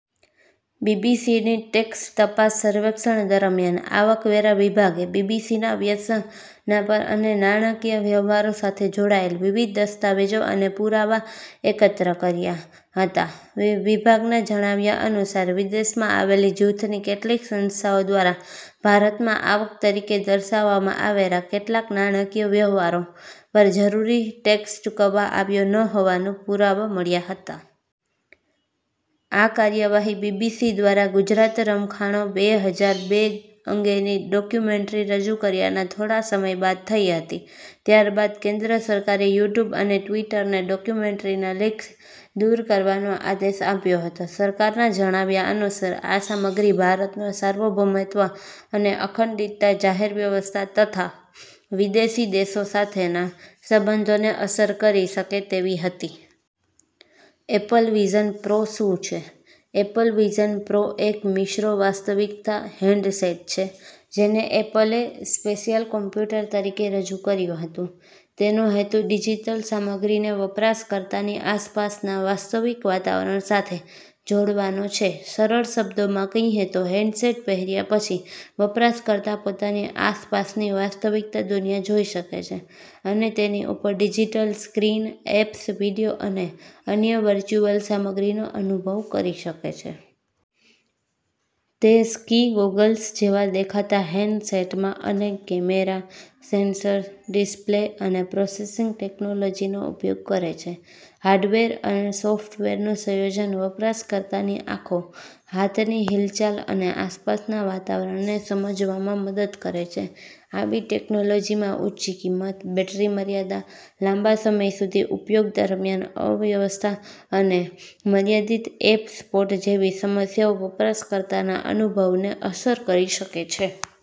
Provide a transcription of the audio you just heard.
બીબીસીની tax તપાસ સર્વેક્ષણ દરમિયાન આવકવેરા વિભાગે બીબીસીના વ્યવસ્થાપન અને નાણાકીય વ્યવહારો સાથે જોડાયેલા વિવિધ દસ્તાવેજો અને પુરાવા એકત્ર કર્યા હતા. વિભાગના જણાવ્યા અનુસાર, વિદેશમાં આવેલી જૂથની કેટલીક સંસ્થાઓ દ્વારા ભારતમાં આવક તરીકે દર્શાવવામાં આવેલા કેટલાક નાણાકીય વ્યવહારો પર જરૂરી ટેક્સ ચૂકવવામાં આવ્યો ન હોવાના પુરાવા મળ્યા હતા. આ કાર્યવાહી બીબીસી દ્વારા ગુજરાત રમખાણો, બે હજાર બે અંગેની ડોક્યુમેન્ટ્રી રજૂ કર્યાના થોડા સમય બાદ થઈ હતી. ત્યારબાદ કેન્દ્ર સરકારે યુટ્યુબ અને ટ્વિટરને ડોક્યુમેન્ટ્રીની લિંક્સ દૂર કરવાનો આદેશ આપ્યો હતો. સરકારના જણાવ્યા અનુસાર, આ સામગ્રી ભારતની સાર્વભૌમત્વ અને અખંડિતતા, જાહેર વ્યવસ્થા તથા વિદેશી દેશો સાથેના સંબંધોને અસર કરી શકે તેવી હતી. એપલ વિઝન પ્રો શું છે? એપલ વિઝન પ્રો એક મિશ્ર-વાસ્તવિકતા હેડસેટ છે, જેને એપલે “સ્પેશિયલ કમ્પ્યુટર” તરીકે રજૂ કર્યું હતું. તેનો હેતુ ડિજિટલ સામગ્રીને વપરાશકર્તાની આસપાસના વાસ્તવિક વાતાવરણ સાથે જોડવાનો છે. સરળ શબ્દોમાં કહીએ તો, હેડસેટ પહેર્યા પછી વપરાશકર્તા પોતાના આસપાસની વાસ્તવિક દુનિયા જોઈ શકે છે અને તેની ઉપર ડિજિટલ સ્ક્રીન, એપ્સ, વીડિયો અને અન્ય વર્ચ્યુઅલ સામગ્રીનો અનુભવ કરી શકે છે. તે સ્કી ગોગલ્સ જેવા દેખાતા હેડસેટમાં અનેક કેમેરા, સેન્સર્સ, ડિસ્પ્લે અને પ્રોસેસિંગ ટેક્નોલોજીનો ઉપયોગ કરે છે. હાર્ડવેર અને સોફ્ટવેરનું સંયોજન વપરાશકર્તાની આંખો, હાથની હિલચાલ અને આસપાસના વાતાવરણને સમજવામાં મદદ કરે છે. આવી ટેક્નોલોજીમાં ઊંચી કિંમત, બેટરી મર્યાદા, લાંબા સમય સુધી ઉપયોગ દરમિયાન અસ્વસ્થતા અને મર્યાદિત એપ સપોર્ટ જેવી સમસ્યાઓ વપરાશકર્તાના અનુભવને અસર કરી શકે છે.